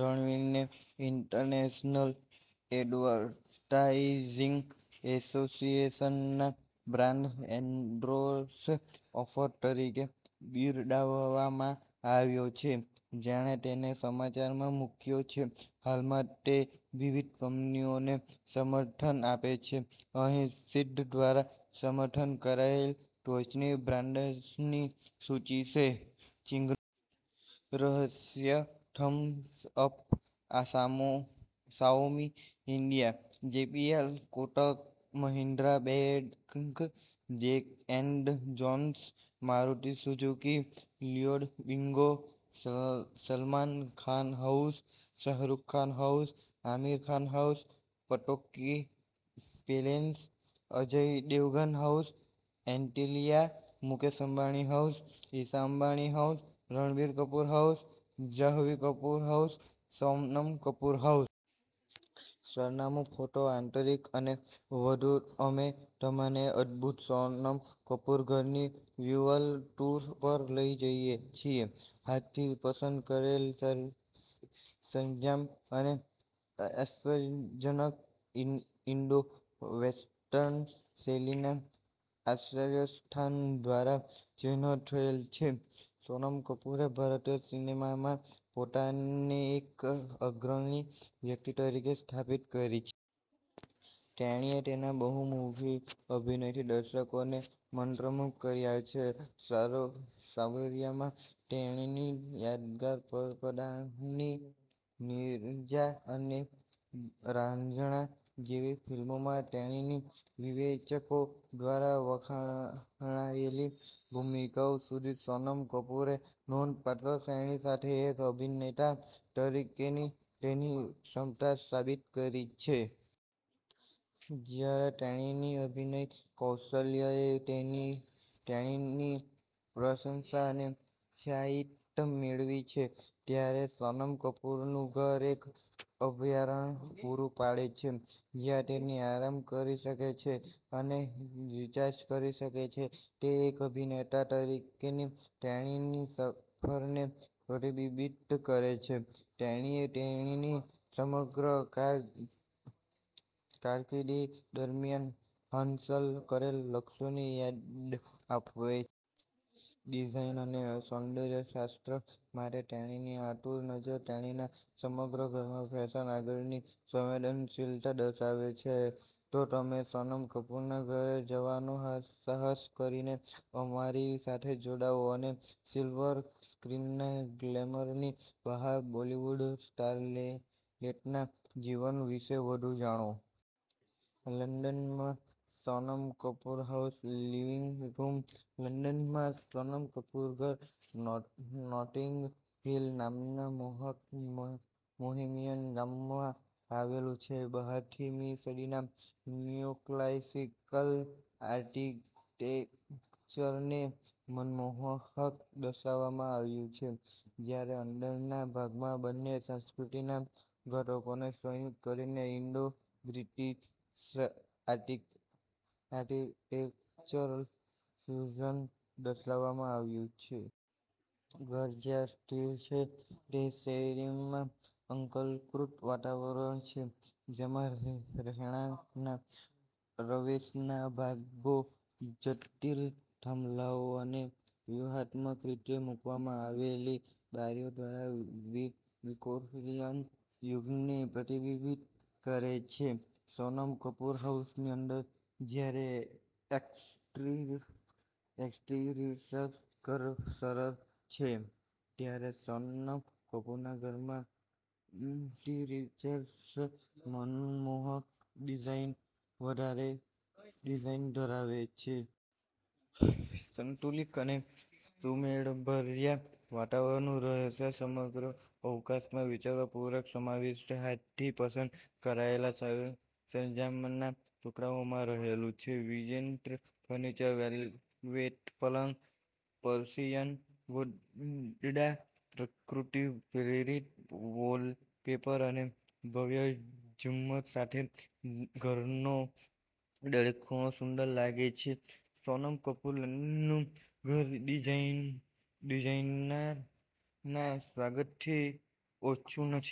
રણવીરને international advertising એસોસિએશનના brand endorser offer તરીકે બિરદાવવામાં આવ્યો છે, જેણે તેને સમાચારમાં મૂક્યો છે. હાલમાં તે વિવિધ કંપનીઓને સમર્થન આપે છે. અહીં સિંઘ દ્વારા સમર્થન કરાયેલ ટોચની બ્રાન્ડ્સની સૂચિ છે: ચિંગનું રહસ્ય, Thums Up, Xiaomi India, JBL, Kotak Mahindra bank, Jack and Jones, Maruti Suzuki, Lloyd, Bingo, Salman Khan house, Shahrukh Khan house, Aamir Khan house, Pataudi palace, Ajay Devgan house, Antilia, Mukesh Ambani house, Isha Ambani house, Ranbir Kapoor house, Janhvi Kapoor house, Sonam Kapoor house. સરનામું, ફોટા, આંતરિક અને વધુ: અમે તમને અદભૂત સોનમ કપૂરના ઘરની વર્ચ્યુઅલ ટૂર પર લઈ જઈએ છીએ, હાથથી પસંદ કરેલ સરંજામ અને આશ્ચર્યજનક ઇન્ડો-વેસ્ટર્ન શૈલીના આશ્રયસ્થાન દ્વારા ચિહ્નિત થયેલ છે. સોનમ કપૂરે ભારતીય સિનેમામાં પોતાને એક અગ્રણી વ્યક્તિ તરીકે સ્થાપિત કરી છે. તેણીએ તેના બહુમુખી અભિનયથી દર્શકોને મંત્રમુગ્ધ કર્યા છે. સાવરિયા માં તેણીની યાદગાર પદાર્પણથી નીરજા અને રાંઝણા જેવી ફિલ્મોમાં તેણીની વિવેચકો દ્વારા વખાણાયેલી ભૂમિકાઓ સુધી, સોનમ કપૂરે નોંધપાત્ર શ્રેણી સાથે એક અભિનેતા તરીકેની તેની ક્ષમતા સાબિત કરી છે. જ્યારે તેણીની અભિનય કૌશલ્યએ તેણીની પ્રશંસા અને ખ્યાતિ મેળવી છે, ત્યારે સોનમ કપૂરનું ઘર એક અભયારણ્ય પૂરું પાડે છે જ્યાં તેણી આરામ કરી શકે છે અને રિચાર્જ કરી શકે છે. તે એક અભિનેતા તરીકેની તેણીની સફરને પ્રતિબિંબિત કરે છે, તેણીએ તેણીની સમગ્ર કારકિર્દી દરમિયાન હાંસલ કરેલા લક્ષ્યોની યાદ અપાવે છે. ડિઝાઇન અને સૌંદર્ય શાસ્ત્ર માટે તેણીની આતુર નજર તેણીના સમગ્ર ઘરમાં ફેશન-આગળની સંવેદનશીલતા દર્શાવે છે. તો અમે સોનમ કપૂરના ઘરે જવાનો સાહસ કરીને અમારી સાથે જોડાઓ અને સિલ્વર સ્ક્રીનના ગ્લેમરની બહાર બોલિવૂડ સ્ટારલેટના જીવન વિશે વધુ જાણો. લંડનમાં Sonam Kapoor house living room. લંડનમાં સોનમ કપૂરનું ઘર નોટિંગ હિલ નામના મોહક બોહેમિયન ગામમાં આવેલું છે. બહારથી, મી સદીના નિયોક્લાસિકલ આર્કિટેક્ચરને મનમોહક દર્શાવવામાં આવ્યું છે, જ્યારે અંદરના ભાગમાં બંને સંસ્કૃતિના ઘટકોને સંયોજિત કરીને ઈન્ડો-બ્રિટિશ આર્કિટેક્ચરલ ફ્યુઝન દર્શાવવામાં આવ્યું છે. ઘર જ્યાં સ્થિત છે તે શેરીમાં અલંકૃત વાતાવરણ છે, જેમાં રહેણાંકના રવેશના ભાગો જટિલ થાંભલાઓ અને વ્યૂહાત્મક રીતે મૂકવામાં આવેલી બારીઓ દ્વારા વિક્ટોરિયન યુગને પ્રતિબિંબિત કરે છે. સોનમ કપૂર હાઉસની અંદર, જ્યારે એક્સટીરિયર્સ સરળ છે, ત્યારે સોનમ કપૂરના ઘરના ઈન્ટિરિયર્સ મનમોહક ડિઝાઇન ધરાવે છે. સંતુલિત અને સુમેળભર્યા વાતાવરણનું રહસ્ય સમગ્ર અવકાશમાં વિચારપૂર્વક સમાવિષ્ટ હાથથી પસંદ કરાયેલા સરંજામના ટુકડાઓમાં રહેલું છે. વિન્ટેજ ફર્નિચર, વેલ્વેટ પલંગ, પર્શિયન ગોદડાં, પ્રકૃતિ-પ્રેરિત વૉલપેપર અને ભવ્ય ઝુમ્મર સાથે, ઘરનો દરેક ખૂણો સુંદર લાગે છે. સોનમ કપૂરનું લંડનનું ઘર ડિઝાઇનરના સ્વર્ગથી ઓછું નથી.